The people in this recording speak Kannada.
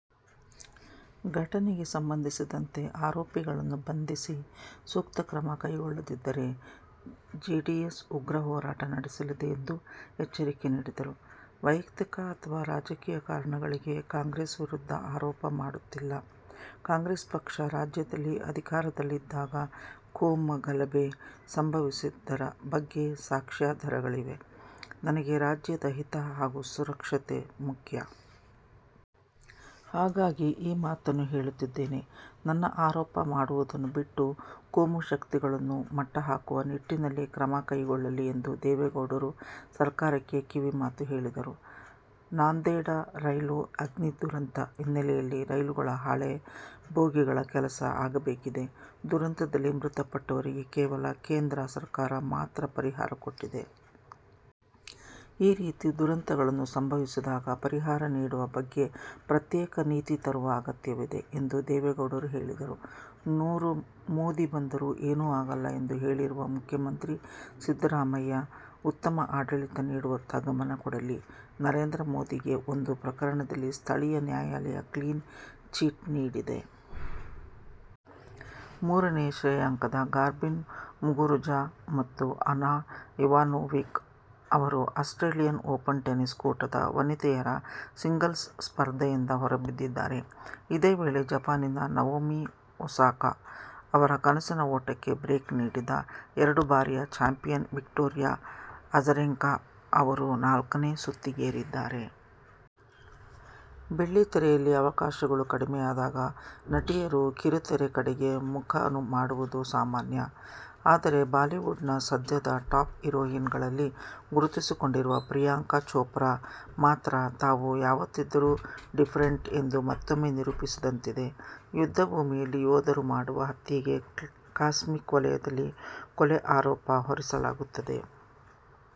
ಘಟನೆಗೆ ಸಂಬಂಧಿಸಿದಂತೆ ಆರೋಪಿಗಳನ್ನು ಬಂಧಿಸಿ ಸೂಕ್ತ ಕ್ರಮ ಕೈಗೊಳ್ಳದಿದ್ದರೆ ಜೆಡಿಎಸ್ ಉಗ್ರ ಹೋರಾಟ ನಡೆಸಲಿದೆ ಎಂದು ಎಚ್ಚರಿಕೆ ನೀಡಿದರು. ವೈಯಕ್ತಿಕ ಅಥವಾ ರಾಜಕೀಯ ಕಾರಣಗಳಿಗೆ ಕಾಂಗ್ರೆಸ್ ವಿರುದ್ಧ ಆರೋಪ ಮಾಡುತ್ತಿಲ್ಲ. ಕಾಂಗ್ರೆಸ್ ಪಕ್ಷ ರಾಜ್ಯದಲ್ಲಿ ಅಧಿಕಾರದಲ್ಲಿದ್ದಾಗ ಕೋಮಗಲಭೆ ಸಂಭವಿಸಿದ್ದರ ಬಗ್ಗೆ ಸಾಕ್ಷ್ಯಾಧರಗಳಿವೆ. ನನಗೆ ರಾಜ್ಯದ ಹಿತ ಹಾಗೂ ಸುರಕ್ಷತೆ ಮುಖ್ಯ. ಹಾಗಾಗಿ ಈ ಮಾತನ್ನು ಹೇಳುತ್ತಿದ್ದೇನೆ. ನನ್ನ ಆರೋಪ ಮಾಡುವುದನ್ನು ಬಿಟ್ಟು, ಕೋಮುಶಕ್ತಿಗಳನ್ನು ಮಟ್ಟ ಹಾಕುವ ನಿಟ್ಟಿನಲ್ಲಿ ಕ್ರಮ ಕೈಗೊಳ್ಳಲಿ ಎಂದು ದೇವೇಗೌಡರು ಸರ್ಕಾರಕ್ಕೆ ಕಿವಿಮಾತು ಹೇಳಿದರು. ನಾಂದೇಡ ರೈಲು ಅಗ್ನಿ ದುರಂತ ಹಿನ್ನೆಲೆಯಲ್ಲಿ ರೈಲುಗಳ ಹಳೆ ಬೋಗಿಗಳ ಕೆಲಸ ಆಗಬೇಕಿದೆ. ದುರಂತದಲ್ಲಿ ಮೃತಪಟ್ಟವರಿಗೆ ಕೇವಲ ಕೇಂದ್ರ ಸರ್ಕಾರ ಮಾತ್ರ ಪರಿಹಾರ ಕೊಟ್ಟಿದೆ. ಈ ರೀತಿ ದುರಂತಗಳನ್ನು ಸಂಭವಿಸಿದಾಗ ಪರಿಹಾರ ನೀಡುವ ಬಗ್ಗೆ ಪ್ರತ್ಯೇಕ ನೀತಿ ತರುವ ಅಗತ್ಯವಿದೆ ಎಂದು ದೇವೇಗೌಡರು ಹೇಳಿದರು. ನೂರು ಮೋದಿ ಬಂದರೂ ಏನೂ ಆಗಲ್ಲ ಎಂದು ಹೇಳಿರುವ ಮುಖ್ಯಮಂತ್ರಿ ಸಿದ್ದರಾಮಯ್ಯ ಉತ್ತಮ ಆಡಳಿತ ನೀಡುವತ್ತ ಗಮನ ಕೊಡಲಿ. ನರೇಂದ್ರ ಮೋದಿಗೆ ಒಂದು ಪ್ರಕರಣದಲ್ಲಿ ಸ್ಥಳೀಯ ನ್ಯಾಯಲಯ ಕ್ಲೀನ್ ಚೀಟ್ ನೀಡಿದೆ. ಮೂರನೇ ಶ್ರೇಯಾಂಕದ ಗಾರ್ಬಿನ್ ಮುಗುರುಜಾ ಮತ್ತು ಅನಾ ಇವಾನೋವಿಕ್ ಅವರು ಆಸ್ಟ್ರೇಲಿಯನ್ ಓಪನ್ ಟೆನಿಸ್ ಕೂಟದ ವನಿತೆಯರ ಸಿಂಗಲ್ಸ್ ಸ್ಪರ್ಧೆಯಿಂದ ಹೊರಬಿದ್ದಿದ್ದಾರೆ. ಇದೇ ವೇಳೆ ಜಪಾನಿನ ನವೋಮಿ ಒಸಾಕಾ ಅವರ ಕನಸಿನ ಓಟಕ್ಕೆ ಬ್ರೇಕ್ ನೀಡಿದ ಎರಡು ಬಾರಿಯ ಚಾಂಪಿಯನ್ ವಿಕ್ಟೋರಿಯಾ ಅಜರೆಂಕಾ ಅವರು ನಾಲ್ಕನೇ ಸುತ್ತಿಗೇರಿದ್ದಾರೆ. ಬೆಳ್ಳಿತೆರೆಯಲ್ಲಿ ಅವಕಾಶಗಳು ಕಡಿಮೆಯಾದಾಗ ನಟಿಯರು ಕಿರುತೆರೆ ಕಡೆಗೆ ಮುಖ ಮಾಡುವುದು ಸಾಮಾನ್ಯ. ಆದರೆ ಬಾಲಿವುಡ್ ನ ಸದ್ಯದ ಟಾಪ್ ಹಿರೋಯಿನ್ ಗಳಲ್ಲಿ ಗುರುತಿಸಿಕೊಂಡಿರುವ ಪ್ರಿಯಾಂಕ ಚೋಪ್ರಾ ಮಾತ್ರ ತಾವು ಯಾವತ್ತಿದ್ದರು ಡಿಫರೆಂಟ್ ಎಂದು ಮತ್ತೊಮ್ಮೆ ನಿರೂಪಿಸಿದಂತಿದೆ. ಯುದ್ದ ಭೂಮಿಯಲ್ಲಿ ಯೋಧರು ಮಾಡುವ ಹತ್ಯೆಗೆ ಕಾಸ್ಮಿಕ್ ವಲಯದಲ್ಲಿ ಕೊಲೆ ಆರೋಪ ಹೊರಿಸಲಾಗುತ್ತದೆ.